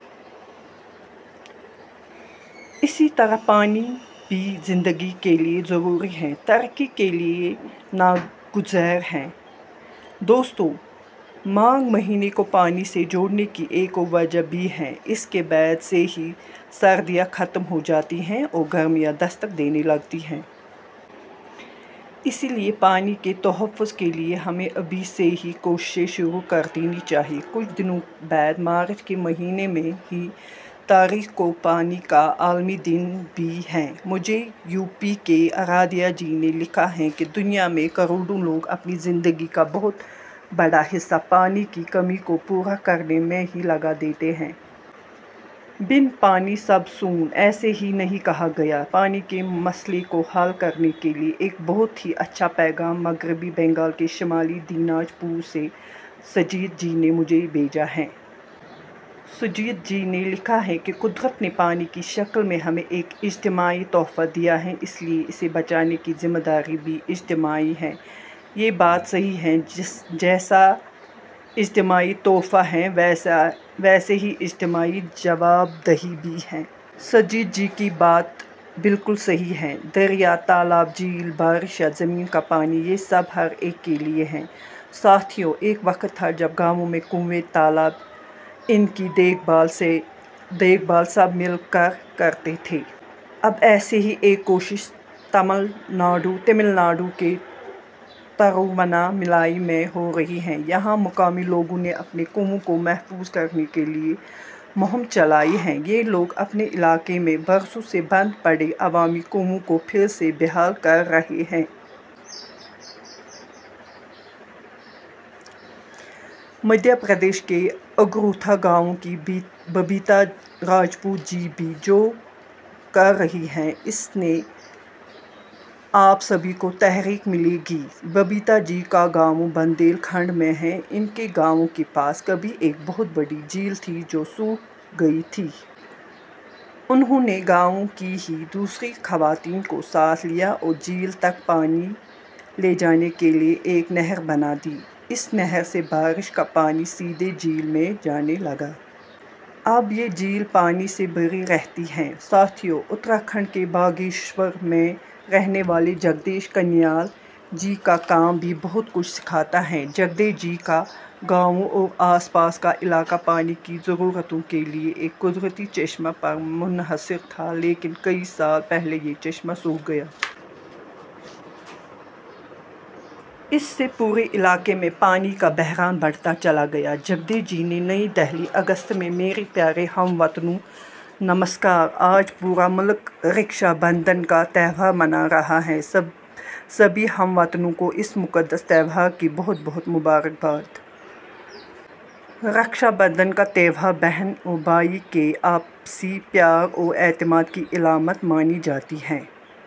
اسی طرح پانی بھی زندگی کے لئے ضروری ہے ، ترقی کے لئے نا گزیر ہے۔ دوستو ، ماگھ مہینے کو پانی سے جوڑنے کی ایک اور وجہ بھی ہے۔ اس کے بعد سے ہی سردیاں ختم ہو جاتی ہیں اور گرمیاں دستک دینے لگتی ہیں۔ اس لئے پانی کے تحفظ کے لئے ہمیں ابھی سے ہی کوششیں شروع کر دینی چاہئیں۔ کچھ دنوں بعد مارچ کے مہینے میں ہی تاریخ کو پانی کا عالمی دن بھی ہے۔ مجھے یو پی کی آرادھیا جی نے لکھا ہے کہ دنیا میں کروڑوں لوگ اپنی زندگی کا بہت بڑا حصہ پانی کی کمی کو پورا کرنے میں ہی لگا دیتے ہیں۔ 'بن پانی سب سون ' ایسے ہی نہیں کہا گیا ہے۔ پانی کے مسئلے کو حل کرنے کے لئے ایک بہت ہی اچھا پیغام مغربی بنگال کے شمالی دیناج پور سے سجیت جی نے مجھے بھیجا ہے۔ سجیت جی نے لکھا ہے کہ قدرت نے پانی کی شکل میں ہمیں ایک اجتماعی تحفہ دیا ہے۔ اس لئے اِسے بچانے کی ذمہ داری بھی اجتماعی ہے۔ یہ بات صحیح ہے ، جیسا اجتماعی تحفہ ہے ، ویسے ہی اجتماعی جوابدہی بھی ہے۔ سجیت جی کی بات بالکل صحیح ہے۔ دریا ، تالاب ، جھیل ، بارش یا زمین کا پانی یہ سب ہر ایک کے لئے ہیں۔ ساتھیو ، ایک وقت تھا ، جب گاؤں میں کنویں ، تالاب ، اِن کی دیکھ بھال سب مل کر کرتے تھے۔ اب ایسی ہی ایک کوشش تمل ناڈو کے ترووناّ ملائی میں ہو رہی ہے۔ یہاں مقامی لوگوں نے اپنے کنووں کو محفوظ کرنے کے لئے مہم چلائی ہے۔ یہ لوگ اپنے علاقے میں برسوں سے بند پڑے عوامی کنووں کو پھر سے بحال کر رہے ہیں۔ مدھیہ پردیش کے اگروتھا گاؤں کی ببیتا راجپوت جی بھی ، جو کر رہی ہیں ، اُس سے آپ سبھی کو تحریک ملے گی۔ ببیتا جی کا گاؤں بندیل کھنڈ میں ہے۔ اُن کے گاؤں کے پاس کبھی ایک بہت بڑی جھیل تھی ، جو سوکھ گئی تھی۔ انہوں نے گاؤں کی ہی دوسری خواتین کو ساتھ لیا اور جھیل تک پانی لے جانے کے لئے ایک نہر بنا دی۔ اس نہر سے بارش کا پانی سیدھے جھیل میں جانے لگا۔ اب یہ جھیل پانی سے بھری رہتی ہے۔ ساتھیو ، اترا کھنڈ کے باگیشور میں رہنے والے جگدیش کنیال جی کا کام بھی بہت کچھ سکھاتا ہے۔ جگدیش جی کا گاؤں اور آس پاس کا علاقہ پانی کی ضرورتوں کے لئے ایک قدرتی چشمہ پر منحصر تھا لیکن کئی سال پہلے یہ چشمہ سوکھ گیا۔ اس سے پورے علاقے میں پانی کا بحران بڑھتا چلا گیا۔ جگدیش جی. نئی دہلی۔ اگست میرے پیارے ہم وطنوں! نمسکار۔ آج پورا ملک رکشا بندھن کا تہوار منا رہا ہے۔ سبھی ہم وطنوں کو اس مقدس تہوار کی بہت بہت مبارکباد۔ رکشا بندھن کا تہوار بہن اور بھائی کے آپسی پیار اور اعتماد کی علامت مانی جاتی ہے۔